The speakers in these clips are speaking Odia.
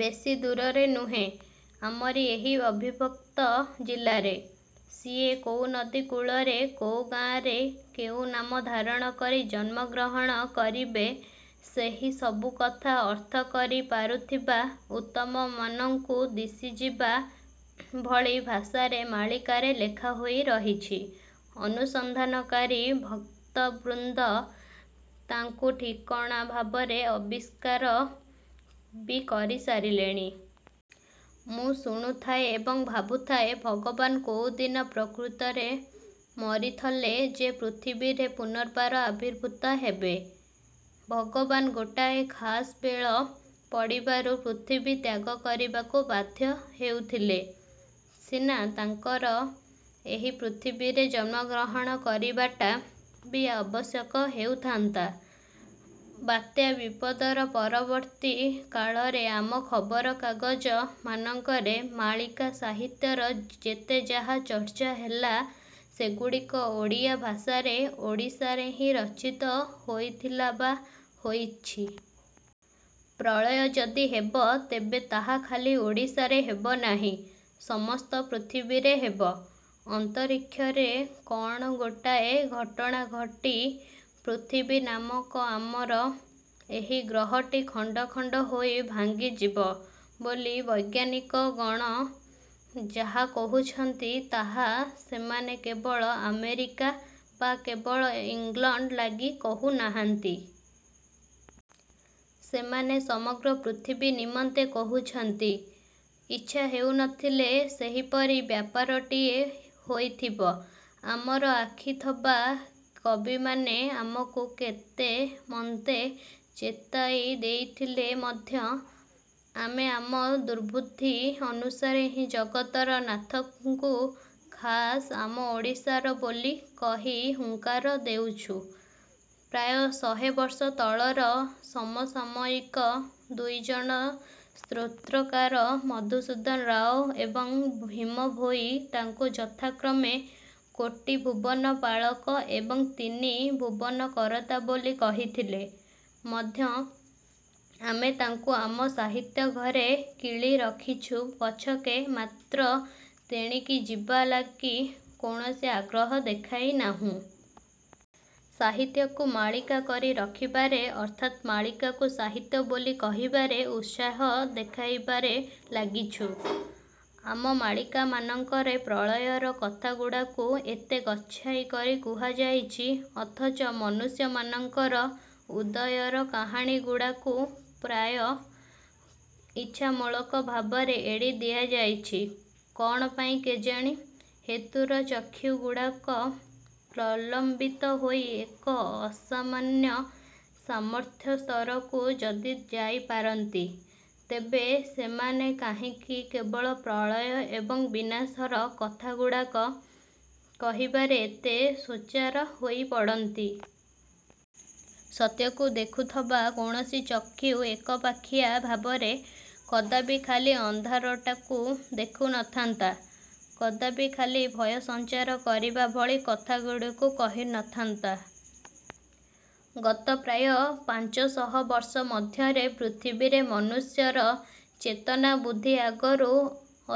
ବେଶୀ ଦୂରରେ ନୁହେଁ, ଆମରି ଏହି ଅବିଭକ୍ତ ଜିଲ୍ଲାରେ। ସିଏ କୋଉ ନଦୀ କୂଳରେ କୋଉ ଗାଆଁରେ କେଉଁ ନାମ ଧାରଣ କରି ଜନ୍ମଗ୍ରହଣ କରିବେସେହି ସବୁକଥା ଅର୍ଥ କରି ପାରୁଥିବା ଉତ୍ତମମାନଙ୍କୁ ଦିଶିଯିବା ଭଳି ଭାଷାରେ ମାଳୀକାରେ ଲେଖା ହୋଇ ରହିଛି। ଅନୁସନ୍ଧାନକାରୀ ଭକ୍ତବୃନ୍ଦ ତାଙ୍କୁ ଠିକଣା ଭାବରେ ଆବିଷ୍କାର ବି କରି ସାରିଲେଣି। ମୁଁ ଶୁଣୁଥାଏ ଏବଂ ଭାବୁଥାଏ ଭଗବାନ କୋଉଦିନ ପ୍ରକୃତରେ ମରିଥଲେ ଯେ ପୃଥିବୀରେ ପୁନର୍ବାର ଆବିର୍ଭୂତ ହେବେ। ଭଗବାନ ଗୋଟାଏ ଖାସ୍ ବେଳ ପଡ଼ିବାରୁ ପୃଥିବୀ ତ୍ୟାଗ କରିବାକୁ ବାଧ୍ୟ ହେଉଥିଲେ ସିନା ତାଙ୍କର ଏହି ପୃଥିବୀରେ ଜନ୍ମଗ୍ରହଣ କରିବାଟା ବି ଆବଶ୍ୟକ ହେଉଥାନ୍ତା। ବାତ୍ୟା ବିପଦର ପରବର୍ତ୍ତୀ କାଳରେ ଆମ ଖବରକାଗଜ ମାନଙ୍କରେ ମାଳିକା ସାହିତ୍ୟର ଯେତେ ଯାହା ଚର୍ଚ୍ଚା ହେଲା ସେଗୁଡ଼ିକ ଓଡ଼ିଆ ଭାଷାରେ ଓଡ଼ିଶାରେ ହିଁ ରଚିତ ହୋଇଥିଲା ବା ହୋଇଛି। ପ୍ରଳୟ ଯଦି ହେବ ତେବେ ତାହା ଖାଲି ଓଡ଼ିଶାରେ ହେବନାହିଁ। ସମଗ୍ର ପୃଥିବୀରେ ହେବ। ଅନ୍ତରୀକ୍ଷରେ କ'ଣ ଗୋଟାଏ ଘଟଣା ଘଟି ପୃଥିବୀ ନାମକ ଆମର ଏହି ଗ୍ରହଟି ଖଣ୍ଡ ଖଣ୍ଡ ହୋଇ ଭାଙ୍ଗିଯିବ ବୋଲି ବୈଜ୍ଞାନିକଗଣ ଯାହା କହୁଛନ୍ତି ତାହା ସେମାନେ କେବଳ ଆମେରିକା ବା କେବଳ ଇଂଲଣ୍ଡ ଲାଗି କହୁନାହାନ୍ତି। ସେମାନେ ସମଗ୍ର ପୃଥିବୀ ନିମନ୍ତେ କହୁଛନ୍ତି। ଇଚ୍ଛା ହେଉନଥିଲେ ସେହିପରି ବ୍ୟାପାରଟିଏ ହୋଇଥିବ। ଆମର ଆଖିଥବା କବିମାନେ ଆମକୁ କେତେମନ୍ତେ ଚେତାଇ ଦେଇଥିଲେ ମଧ୍ୟ ଆମେ ଆମ ଦୁର୍ବୁଦ୍ଧି ଅନୁସାରେ ହିଁ ଜଗତର ନାଥଙ୍କୁ ଖାସ୍ ଆମ ଓଡ଼ିଶାର ବୋଲି କହି ହୁଙ୍କାର ଦେଉଛୁ। ପ୍ରାୟ ଶହେ ବର୍ଷ ତଳର ସମସାମୟିକ ଦୁଇଜଣ ସ୍ତ୍ରୋତ୍ରକାର ମଧୁସୂଦନ ରାଓ ଏବଂ ଭୀମ ଭୋଇ, ତାଙ୍କୁ ଯଥାକ୍ରମେ କୋଟିଭୁବନପାଳକ ଏବଂ ତିନି ଭୁବନକରତା ବୋଲି କହିଥିଲେ ମଧ୍ୟ ଆମେ ତାଙ୍କୁ ଆମ ସାହିତ୍ୟଘରେ କିଳି ରଖିଛୁ ପଛକେ ମାତ୍ର ତେଣିକି ଯିବା ଲାଗି କୌଣସି ଆଗ୍ରହ ଦେଖାଇନାହୁଁ। ସାହିତ୍ୟକୁ ମାଳିକା କରି ରଖିବାରେ ଅର୍ଥାତ୍ ମାଳିକାକୁ ସାହିତ୍ୟ ବୋଲି କହିବାରେ ଉତ୍ସାହ ଦେଖାଇବାରେ ଲାଗିଛୁ। ଆମ ମାଳିକାମାନଙ୍କରେ ପ୍ରଳୟର କଥାଗୁଡ଼ାକୁ ଏତେ ଗଚ୍ଛାଇ କରି କୁହାଯାଇଛି, ଅଥଚ ମନୁଷ୍ୟମାନଙ୍କର ଉଦୟର କାହାଣୀଗୁଡ଼ାକୁ ପ୍ରାୟ ଇଚ୍ଛାମୂଳକ ଭାବରେ ଏଡ଼ି ଦିଆଯାଇଛି କ'ଣ ପାଇଁ କେଜାଣି? ହେତୁର ଚକ୍ଷୁଗୁଡ଼ାକ ପ୍ରଲମ୍ବିତ ହୋଇ ଏକ ଅସାମାନ୍ୟ ସାମର୍ଥ୍ୟସ୍ତରକୁ ଯଦି ଯାଇପାରନ୍ତି, ତେବେ ସେମାନେ କାହିଁକି କେବଳ ପ୍ରଳୟ ଏବଂ ବିନାଶର କଥାଗୁଡ଼ାକ କହିବାରେ ଏତେ ସୁଚ୍ଚାର ହୋଇପଡ଼ନ୍ତି? ସତ୍ୟକୁ ଦେଖୁଥବା କୌଣସି ଚକ୍ଷୁ ଏକପାଖିଆ ଭାବରେ କଦାପି ଖାଲି ଅନ୍ଧାରଟାକୁ ଦେଖୁନଥାନ୍ତା, କଦାପି ଖାଲି ଭୟସଂଚାର କରିବା ଭଳି କଥାଗୁଡ଼ିକୁ କହୁନଥାନ୍ତା। ଗତ ପ୍ରାୟ ପାଂଚଶହ ବର୍ଷ ମଧ୍ୟରେ ପୃଥିବୀରେ ମନୁଷ୍ୟର ଚେତନାବୁଦ୍ଧି ଆଗରୁ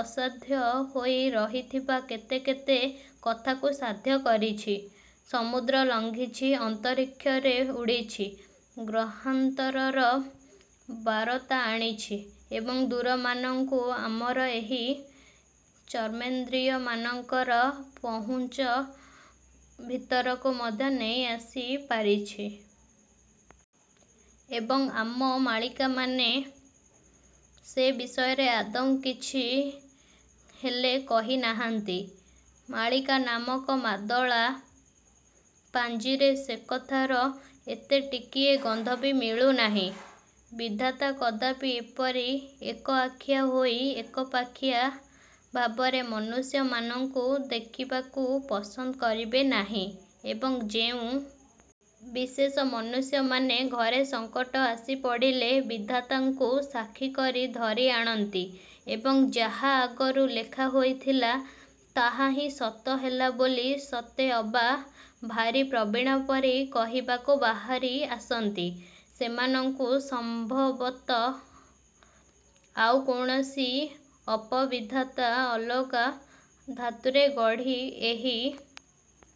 ଅସାଧ୍ୟ ହୋଇ ରହିଥିବା କେତେ କେତେ କଥାକୁ ସାଧ୍ୟ କରିଛି; ସମୁଦ୍ର ଲଂଘିଛି, ଅନ୍ତରୀକ୍ଷରେ ଉଡ଼ିଛି, ଗ୍ରହାନ୍ତରର ବାରତା ଆଣିଛି ଏବଂ ଦୂରମାନଙ୍କୁ ଆମର ଏହି ଚର୍ମେନ୍ଦ୍ରିୟମାନଙ୍କର ପହୁଞ୍ଚ ଭିତରକୁ ମଧ୍ୟ ନେଇ ଆସି ପାରିଛି। ଏବଂ, ଆମ ମାଳିକାମାନେ ସେ ବିଷୟରେ ଆଦୌ କିଛି ହେଲେ କହିନାହାନ୍ତି। ମାଳିକା ନାମକ ମାଦଳା ପାଞ୍ଜିରେ ସେକଥାର ଏତେ ଟିକିଏ ଗନ୍ଧ ବି ମିଳୁନାହିଁ। ବିଧାତା କଦାପି ଏପରି ଏକଆଖିଆ ହୋଇ ଏକପାଖିଆ ଭାବରେ ମନୁଷ୍ୟମାନଙ୍କୁ ଦେଖିବାକୁ ପସନ୍ଦ କରିବେ ନାହିଁ। ଏବଂ ଯେଉଁ ବିଶେଷ ମନୁଷ୍ୟମାନେ ଘରେ ସଂକଟ ଆସି ପଡ଼ିଲେ ବିଧାତାଙ୍କୁ ସାକ୍ଷୀ କରି ଧରିଆଣନ୍ତି ଏବଂ ଯାହା ଆଗରୁ ଲେଖା ହୋଇଥିଲା ତାହା ହିଁ ସତ ହେଲା ବୋଲି ସତେ ଅବା ଭାରି ପ୍ରବୀଣ ପରି କହିବାକୁ ବାହାରି ଆସନ୍ତି ସେମାନଙ୍କୁ ସମ୍ଭବତଃ ଆଉ କୌଣସି ଅପବିଧାତା ଅଲଗା ଧାତୁରେ ଗଢ଼ି ଏହି